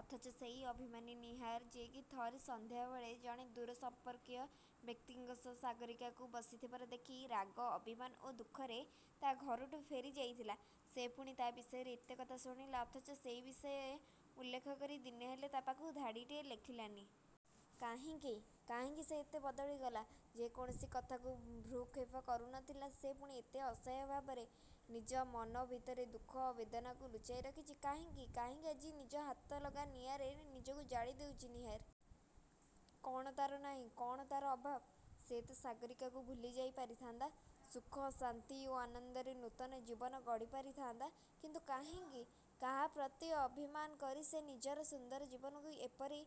ଅଥଚ ସେଇ ଅଭିମାନୀ ନୀହାର; ଯେ କି ଥରେ ସନ୍ଧ୍ୟାବେଳେ ଜଣେ ଦୂର ସମ୍ପର୍କୀୟ ବ୍ୟକ୍ତିଙ୍କ ସହ ସାଗରୀକାକୁ ବସି ଥିବାର ଦେଖି ରାଗ, ଅଭିମାନ ଓ ଦୁଃଖରେ ତା' ଘରଠୁ ଫେରି ଯାଇଥିଲା; ସେ ପୁଣି ତା' ବିଷୟରେ ଏତେ କଥା ଶୁଣିଲା; ଅଥଚ ସେ ବିଷୟ ଉଲ୍ଲେଖ କରି, ଦିନେହେଲେ ତା' ପାଖକୁ ଧାଡ଼ିଟିଏ ଲେଖିଲାନି। କାହିଁକି? କାହିଁକି ସେ ଏତେ ବଦଳି ଗଲା। ଯେ କୌଣସି କଥାକୁ ଭ୍ରୁକ୍ଷେପ କରୁ ନଥିଲା, ସେ ପୁଣି ଏତେ ଅସହାୟ ଭାବରେ, ନିଜ ମନ ଭିତରର ଦୁଃଖ ବେଦନାକୁ ଲୁଚାଇ ରଖିଛି କାହିଁକି? କାହିଁକି ଆଜି ନିଜ ହାତଲଗା ନିଆଁରେ ନିଜକୁ ଜାଳି ଦେଉଛି ନୀହାର? କ'ଣ ତା'ର ନାଇଁ–କ'ଣ ତା'ର ଅଭାବ? ସେ ତ ସାଗରୀକାକୁ ଭୁଲିଯାଇ ପାରିଥାନ୍ତା–ସୁଖ ଶାନ୍ତି ଓ ଆନନ୍ଦରେ ନୂତନ ଜୀବନ ଗଢ଼ିପାରି ଥାନ୍ତା–କିନ୍ତୁ କାହିଁକି; କାହା ପ୍ରତି ଅଭିମାନ କରି ସେ ନିଜର ସୁନ୍ଦର ଜୀବନକୁ ଏପରି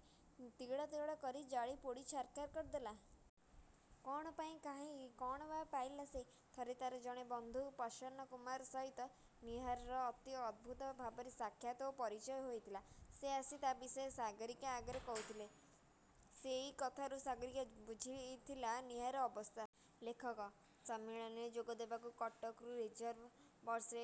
ତିଳ ତିଳ କରି ଜାଳି ପୋଡ଼ି ଛାରଖାର କରିଦେଲା? କ'ଣ ପାଇଁ କାହିଁକି? କ'ଣ ବା ପାଇଲା ସେ? ଥରେ ତା'ର ଜଣେ ବନ୍ଧୁ ପ୍ରସନ୍ନ କୁମାରଙ୍କ ସହିତ ନୀହାରର ଅତି ଅଦ୍ଭୁତ ଭାବରେ ସାକ୍ଷାତ ଓ ପରିଚୟ ହୋଇଥିଲା। ସେ ଆସି ତା' ବିଷୟ ସାଗରୀକା ଆଗରେ କହୁଥିଲେ। ସେଇ କଥାରୁ ସାଗରୀକା ବୁଝିଥିଲା ନୀହାରର ଅବସ୍ଥା। ଲେଖକ–ସମ୍ମିଳନୀରେ ଯୋଗ ଦେବାକୁ କଟକରୁ ରିଜର୍ଭ–ବସରେ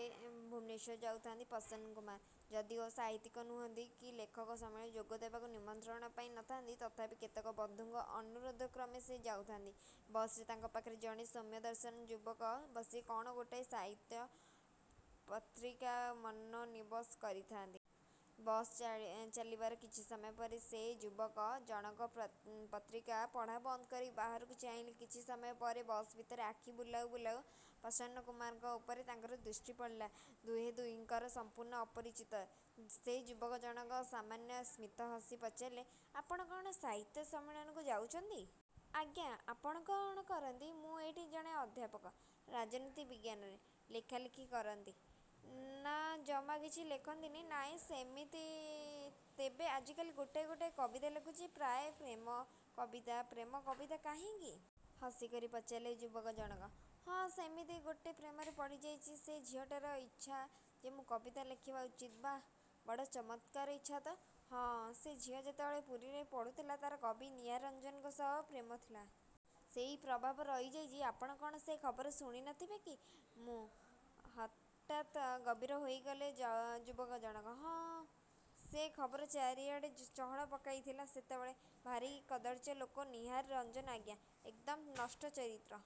ଭୁବନେଶ୍ୱର ଯାଉଥାନ୍ତି ପ୍ରସନ୍ନ କୁମାର। ଯଦିଓ ସାହିତ୍ୟିକ ନୁହନ୍ତି, କି ଲେଖକ–ସମ୍ମିଳନୀରେ ଯୋଗ ଦେବାକୁ ନିମନ୍ତ୍ରଣ ପାଇ ନଥାନ୍ତି; ତଥାପି କେତେକ ବନ୍ଧୁଙ୍କ ଅନୁରୋଧକ୍ରମେ ସେ ଯାଉଥାନ୍ତି। ବସରେ ତାଙ୍କ ପାଖରେ ଜଣେ ସୌମ୍ୟଦର୍ଶନ ଯୁବକ ବସି କ'ଣ ଗୋଟାଏ ସାହିତ୍ୟ–ପତ୍ରିକାରେ ମନୋନିବେଶ କରିଥାନ୍ତି। ବସ୍ ଚାଲିବାର କିଛି ସମୟ ପରେ; ସେ ଯୁବକ ଜଣକ ପତ୍ରିକା ପଢ଼ା ବନ୍ଦ କରି, ବାହାରକୁ ଚାହିଁଲେ। କିଛି ସମୟ ପରେ ବସ୍ ଭିତରେ ଆଖି ବୁଲାଉ ବୁଲାଉ ପ୍ରସନ୍ନ କୁମାରଙ୍କ ଉପରେ ତାଙ୍କରି ଦୃଷ୍ଟି ପଡ଼ିଲା। ଦୁହେଁ ଦୁହିଁଙ୍କର ସମ୍ପୂର୍ଣ୍ଣ ଅପରିଚିତ। ସେ ଯୁବକ ଜଣକ ସାମାନ୍ୟ ସ୍ମିତ ହସି ପଚାରିଲେ– ''ଆପଣ କ'ଣ ସାହିତ୍ୟ–ସମ୍ମିଳନୀକୁ ଯାଉଛନ୍ତି? '' ''ଆଜ୍ଞା... '' ''ଆପଣ କ'ଣ କରନ୍ତି। '' ''ମୁଁ ଏଇଠି ଜଣେ ଅଧ୍ୟାପକ। ରାଜନୀତି ବିଜ୍ଞାନରେ। '' ''ଲେଖାଲେଖି କରନ୍ତି। '' ''ନା। '' ''ଜମା କିଛି ଲେଖନ୍ତିନି। '' ''ନାଇଁ–ସେମିତି। ତେବେ ଆଜିକାଲି ଗୋଟାଏ ଗୋଟାଏ କବିତା ଲେଖୁଛି। ପ୍ରାୟ ପ୍ରେମ–କବିତା। '' ''ପ୍ରେମ–କବିତା–କାହିଁକି? ହସି କରି ପଚାରିଲେ ଯୁବକ ଜଣକ। '' ''ହଁ–ସେମିତି; ଗୋଟେ ପ୍ରେମରେ ପଡ଼ିଯାଇଛି। ସେ ଝିଅଟିର ଇଚ୍ଛା ଯେ ମୁଁ କବିତା ଲେଖିବା ଉଚିତ୍। '' ''ବାଃ–ବଡ଼ ଚମତ୍କାର ଇଚ୍ଛା ତ? '' ''ହଁ–ସେ ଝିଅ ଯେତେବେଳେ ପୁରୀରେ ପଢ଼ୁଥିଲା ତା'ର କବି ନୀହାର ରଞ୍ଜନଙ୍କ ସହ ପ୍ରେମ ଥିଲା। ସେଇ ପ୍ରଭାବ ରହିଯାଇଛି। ଆପଣ କ'ଣ ସେ ଖବର ଶୁଣି ନଥିବେ କି? '' ''ମୁଁ? '' ହଠାତ୍ ଗମ୍ଭୀର ହୋଇଗଲେ ଯୁବକ ଜଣକ। ''ହଁ–ସେ ଖବର ଚାରିଆଡ଼େ ଚହଳ ପକାଇ ଥିଲା ସେତେବେଳେ। ଭାରି କଦର୍ଯ୍ୟ ଲୋକ ନୀହାର ରଞ୍ଜନ ଆଜ୍ଞା। ଏକଦମ୍ ନଷ୍ଟ ଚରିତ୍ର।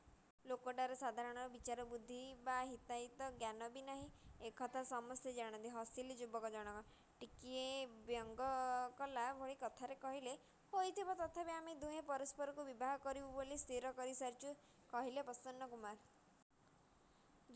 ଲୋକଟାର ସାଧାରଣ ବିଚାର ବୁଦ୍ଧି ବା ହିତାହିତ ଜ୍ଞାନ ବି ନାହିଁ। ଏ କଥା ସମସ୍ତେ ଜାଣନ୍ତି। '' ହସିଲେ ଯୁବକ ଜଣକ। ଟିକିଏ ବ୍ୟଙ୍ଗ କଲା ଭଳି କଣ୍ଠରେ କହିଲେ–'ହୋଇଥିବ। ''ତଥାପି ଆମେ ଦୁହେଁ ପରସ୍ପରକୁ ବିବାହ କରିବୁ ବୋଲି ସ୍ଥିର କରି ସାରିଚୁ'' କହିଲେ ପ୍ରସନ୍ନ କୁମାର।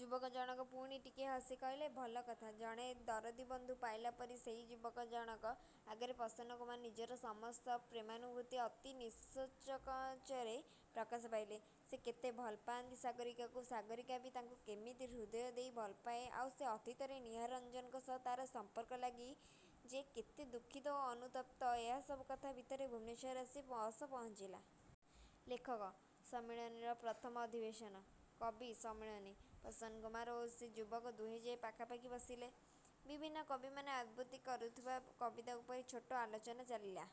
ଯୁବକ ଜଣକ ପୁଣି ଟିକିଏ ହସି କହିଲେ–''ଭଲ କଥା। '' ଜଣେ ଦରଦୀ ବନ୍ଧୁ ପାଇଲା ପରି ସେଇ ଯୁବକ ଜଣକ ଆଗରେ ପ୍ରସନ୍ନ କୁମାର ନିଜର ସମସ୍ତ ପ୍ରେମାନୁଭୂତି ଅତି ନିଃସଙ୍କୋଚରେ ପ୍ରକାଶ କଲେ। ସେ କେତେ ଭଲ ପାଆନ୍ତି ସାଗରୀକାକୁ–ସାଗରୀକା ବି ତାଙ୍କୁ କେମିତି ହୃଦୟ ଦେଇ ଭଲପାଏ; ଆଉ ସେ ଅତୀତରେ ନୀହାର ରଞ୍ଜନଙ୍କ ସହ ତା'ର ସମ୍ପର୍କ ଲାଗି ଯେ କେତେ ଦୁଃଖିତ ଓ ଅନୁତପ୍ତ, ଏହା ସବୁ କଥା ଭିତରେ ଭୁବନେଶ୍ୱରରେ ଆସି ବସ୍ ପହଞ୍ଚିଲା। ଲେଖକ–ସମ୍ମିଳନୀର ପ୍ରଥମ ଅଧିବେଶନ କବି–ସମ୍ମିଳନୀ। ପ୍ରସନ୍ନ କୁମାର ଓ ସେ ଯୁବକ ଦୁହେଁ ଯାଇ ପାଖାପାଖି ବସିଲେ। ବିଭିନ୍ନ କବିମାନେ ଆବୃତ୍ତି କରୁଥିବା କବିତା ଉପରେ ଛୋଟ ଆଲୋଚନା ଚାଲିଲା।